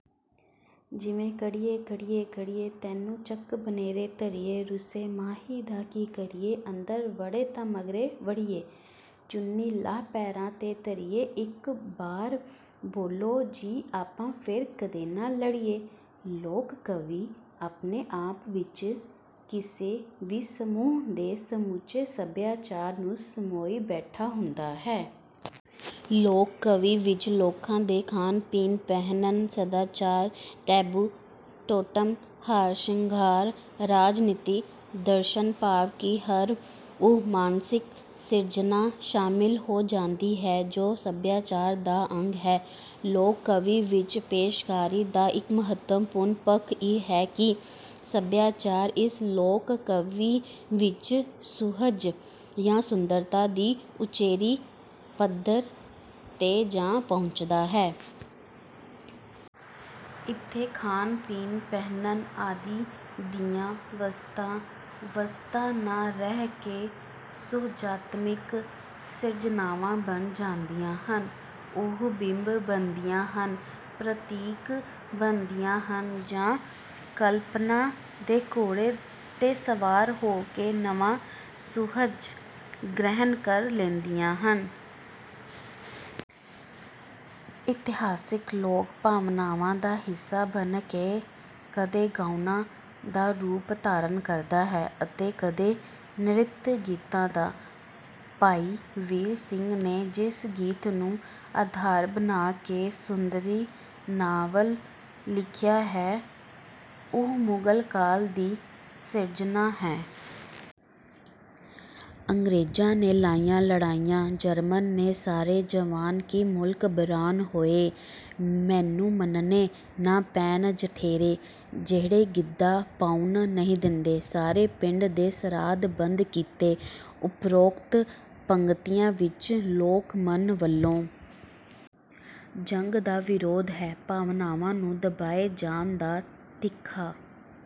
ਜਿਵੇਂ ਕੜ੍ਹੀਏ ਕੜ੍ਹੀਏ ਕੜ੍ਹੀਏ ਤੈਨੂੰ ਚੱਕ ਬਨੇਰੇ ਧਰੀਏ ਰੁੱਸੇ ਮਾਹੀ ਦਾ ਕੀ ਕਰੀਏ ਅੰਦਰ ਵੜੇ ਤਾਂ ਮਗਰੇ ਵੜੀਏ ਚੁੰਨੀ ਲਾਹ ਪੈਰਾਂ ਤੇ ਧਰੀਏ ਇੱਕ ਬਾਰ ਬੋਲੋ ਜੀ ਆਪਾਂ ਫੇਰ ਕਦੇ ਨਾ ਲੜੀਏ। ਲੋਕ ਕਾਵਿ ਆਪਣੇ ਆਪ ਵਿੱਚ ਕਿਸੇ ਵੀ ਸਮੂਹ ਦੇ ਸਮੁੱਚੇ ਸਭਿਆਚਾਰ ਨੂੰ ਸਮੋਈ ਬੈਠਾ ਹੁੰਦਾ ਹੈ। ਲੋਕ ਕਵਿ ਵਿੱਚ ਲੋਕਾਂ ਦੇ ਖਾਣ ਪੀਣ, ਪਹਿਨਣ, ਸਦਾਚਾਰ, ਟੈਬੂ, ਟੋਟਮ, ਹਾਰ ਸ਼ਿੰਗਾਰ, ਰਾਜਨੀਤੀ, ਦਰਸ਼ਨ ਭਾਵ ਕਿ ਹਰ ਉਹ ਮਾਨਸਿਕ ਸਿਰਜਣਾ ਸ਼ਾਮਿਲ ਹੋ ਜਾਂਦੀ ਹੈ ਜੋ ਸਭਿਆਚਾਰ ਦਾ ਅੰਗ ਹੈ। ਲੋਕ ਕਵਿ ਵਿੱਚ ਪੇਸ਼ਕਾਰੀ ਦਾ ਇੱਕ ਮਹੱਤਵਪੂਰਣ ਪੱਖ ਇਹ ਹੈ ਕਿ ਸਭਿਆਚਾਰ ਇਸ ਲੋਕ ਕਵਿ ਵਿੱਚ ਸੁਹਜ ਜਾਂ ਸੁੰਦਰਤਾ ਦੀ ਉਚੇਰੀ ਪੱਧਰ ਤੇ ਜਾ ਪਹੁੰਚਦਾ ਹੈ। ਇਥੇ ਖਾਣ, ਪੀਣ, ਪਹਿਨਣ ਆਦਿ ਦੀਆਂ ਵਸਤਾਂ, ਵਸਤਾਂ ਨਾ ਰਹਿ ਕੇ ਸੁਹਜਾਤਮਿਕ ਸਿਰਜਣਾਵਾਂ ਬਣ ਜਾਂਦੀਆਂ ਹਨ। ਉਹ ਬਿੰਬ ਬਣਦੀਆਂ ਹਨ, ਪ੍ਰਤੀਕ ਬਣਦੀਆਂ ਹਨ ਜਾਂ ਕਲਪਣਾ ਦੇ ਘੋੜੇ ਤੇ ਸਵਾਰ ਹੋ ਕੇ ਨਵਾਂ ਸੁਹਜ ਗ੍ਰਹਿਣ ਕਰ ਲੈਂਦੀਆਂ ਹਨ। ਇਤਿਹਾਸਿਕ ਲੋਕ ਭਾਵਨਾਵਾਂ ਦਾ ਹਿੱਸਾ ਬਣ ਕੇ ਕਦੇ ਗਾਉਣਾਂ ਦਾ ਰੂਪ ਧਾਰਣ ਕਰਦਾ ਹੈ ਅਤੇ ਕਦੇ ਨ੍ਰਿਤ ਗੀਤਾਂ ਦਾ। ਭਾਈ ਵੀਰ ਸਿੰਘ ਨੇ ਜਿਸ ਗੀਤ ਨੂੰ ਆਧਾਰ ਬਣਾ ਕੇ ਸੁੰਦਰੀ ਨਾਵਲ ਲਿਖਿਆ ਹੈ ਉਹ ਮੁਗਲ ਕਾਲ ਦੀ ਸਿਰਜਣਾ ਹੈ। ਅੰਗ੍ਰੇਜਾਂ ਨੇ ਲਾਈਆਂ ਲੜਾਈਆਂ ਜਰਮਨ ਨੇ ਮਾਰੇ ਜਵਾਨ ਕਿ ਮੁਲਕ ਬਰਾਨ ਹੋਏ। ਮੈਨੂੰ ਮੰਨਣੇ ਨਾ ਪੈਣ ਜਠੇਰੇ। ਜਿਹੜੇ ਗਿੱਧਾ ਪਾਉਣ ਨਹੀਂ ਦਿੰਦੇ। ਸਾਰੇ ਪਿੰਡ ਦੇ ਸ਼ਰਾਧ ਬੰਦ ਕੀਤੇ। ਉਪਰੋਕਤ ਪੰਗਤੀਆਂ ਵਿੱਚ ਲੋਕਮਨ ਵਲੋਂ ਜੰਗ ਦਾ ਵਿਰੋਧ ਹੈ, ਭਾਵਨਾਵਾਂ ਨੂੰ ਦਬਾਏ ਜਾਣ ਦਾ ਤਿੱਖਾ